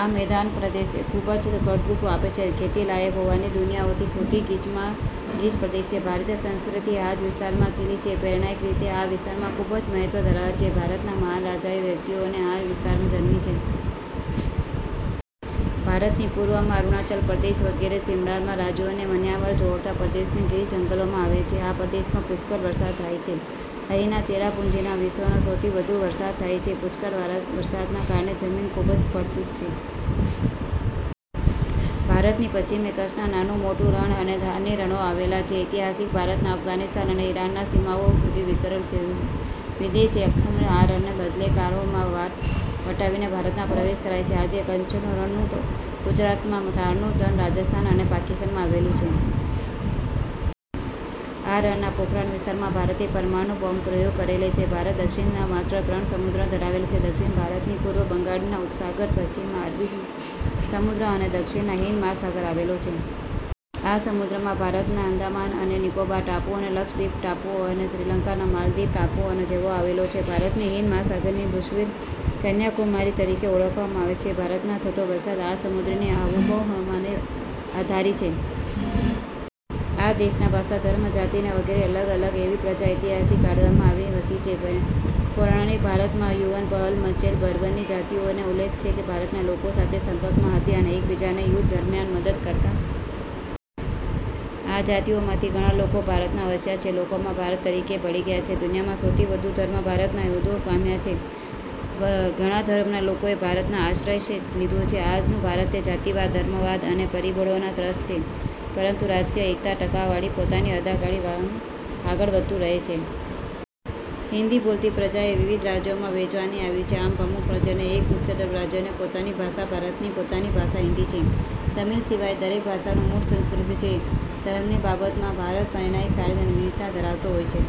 આ મેદાન પ્રદેશો ખૂબજ ફળદ્રુપ અને ખેતીલાયક હોવાથી દુનિયાનો સૌથી ગીચમાં ગીચ પ્રદેશ છે. ભારતીય સંસ્કૃતિ આ જ વિસ્તારમાં ખીલી છે. પૌરાણિક રીતે આ વિસ્તાર ખૂબ જ મહત્વ ધરાવે છે. ભારતના મહાન રાજાઓ, વ્યક્તિઓ આ જ વિસ્તારમાં જન્મી છે. ભારતની પૂર્વમાં અરૂણાચલ પ્રદેશ વગેરે સીમાડાના રાજ્યો અને મ્યાનમાર ને જોડતા પ્રદેશોમાં ગીચ જંગલો આવેલા છે. આ પ્રદેશમાં પુષ્કળ વરસાદ થાય છે. અહીંના ચેરાપુંજીમાં વિશ્વનો સૌથી વધુ વરસાદ થાય છે. પુષ્કળ વરસાદના કારણે જમીન ખૂબ જ ફળદ્રુપ છે. ભારતની પશ્ચિમે કચ્છનું નાનું, મોટું રણ અને થારના રણો આવેલા છે. ઐતિહાસિક ભારત અફઘાનિસ્તાન અને ઇરાનની સીમાઓ સુધી વિસ્તરેલું હતું. વિદેશી આક્રમણકારો આ રણને બદલે કારાકોરમનો ઘાટ વટાવીને ભારતમાં પ્રવેશ કરતા. આજે કચ્છનું રણ ગુજરાત માં અને થારનું રણ રાજસ્થાન અને પાકિસ્તાનમાં આવેલું છે. આ રણના પોખરણ વિસ્તારમાં ભારતે પરમાણુ બોમ્બનો પ્રયોગ પણ કરેલ છે. ભારતનો દક્ષિણ ભાગ ત્રણ તરફ સમુદ્રથી ઘેરાયેલો છે. દક્ષિણ ભારતની પૂર્વમાં બંગાળનો ઉપસાગર, પશ્ચિમમાં અરબી સમુદ્ર અને દક્ષિણમાં હિંદ મહાસાગર આવેલો છે. આ સમુદ્રમાં ભારતના આંદામાન અને નિકોબાર ટાપુઓ, લક્ષદ્વિપ ટાપુઓ અને શ્રીલંકા અને માલદીવ ટાપુ જેવા દેશો આવેલા છે. ભારતની હિંદ મહાસાગરમાંની ભૂશિરને કન્યાકુમારી તરીકે ઓળખાય છે. ભારતમાં થતો વરસાદ આ સમુદ્રની આબોહવાને આધારી છે. આ દેશમાં ભાષા, ધર્મ, જાતિ વગેરેમાં અલગ અલગ એવી પ્રજા ઐતિહાસિક કાળથી આવીને વસી છે. પૌરાણીક ભારતમાં યવન, પહલવ, મ્લેચ્છ, બર્બર જેવી જાતિઓનો ઉલ્લેખ છે જે ભારતના લોકો સાથે સંપર્કમાં હતી અને એકબીજાને યુદ્ધ દરમિયાન મદદ કરતા. આ જાતિઓમાંથી ઘણા લોકો ભારતમાં વસ્યા અને તેના લોકોમાં ભારતીય તરીકે ભળી ગયા. દુનિયાના સૌથી વધુ ધર્મો ભારતમાં ઉદ્ભવ પામ્યા છે અને ઘણા ધર્મના લોકોએ ભારતમાં આશ્રયસ્થાન લીધું છે. આજનું ભારત જાતિવાદ, ધર્મવાદ જેવા પરિબળોથી ત્રસ્ત છે પરંતુ રાજકીય એક્તા ટકાવીને પોતાની અદાથી આગળ વધતુ રહે છે. હિન્દી બોલતી પ્રજાને વિવિધ રાજ્યોમાં વહેંચવામાં આવી. આમ, અમુક રાજ્યને બાદ કરતા મુખ્યત્વે દરેક રાજ્યને પોતાની ભાષા છે. ભારતની પોતાની ભાષા હિન્દી છે. તમિલ સિવાયની દરેક ભાષાનું મૂળ સંસ્કૃત છે. ધર્મની બાબતમાં ભારત પૌરાણીક કાળથી વિવિધતા ધરાવતો દેશ છે.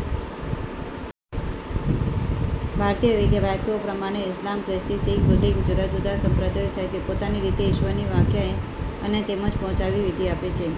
ભારતીય વ્યાખ્યા પ્રમાણે ઇસ્લામ, ખ્રિસ્તી, શીખ, બૌદ્ધ વગેરે જુદા-જુદા સંપ્રદાયો છે જે પોતાની રીતે ઇશ્વરની વ્યાખ્યા અને તેને પહોંચવાની વિધી બતાવે છે.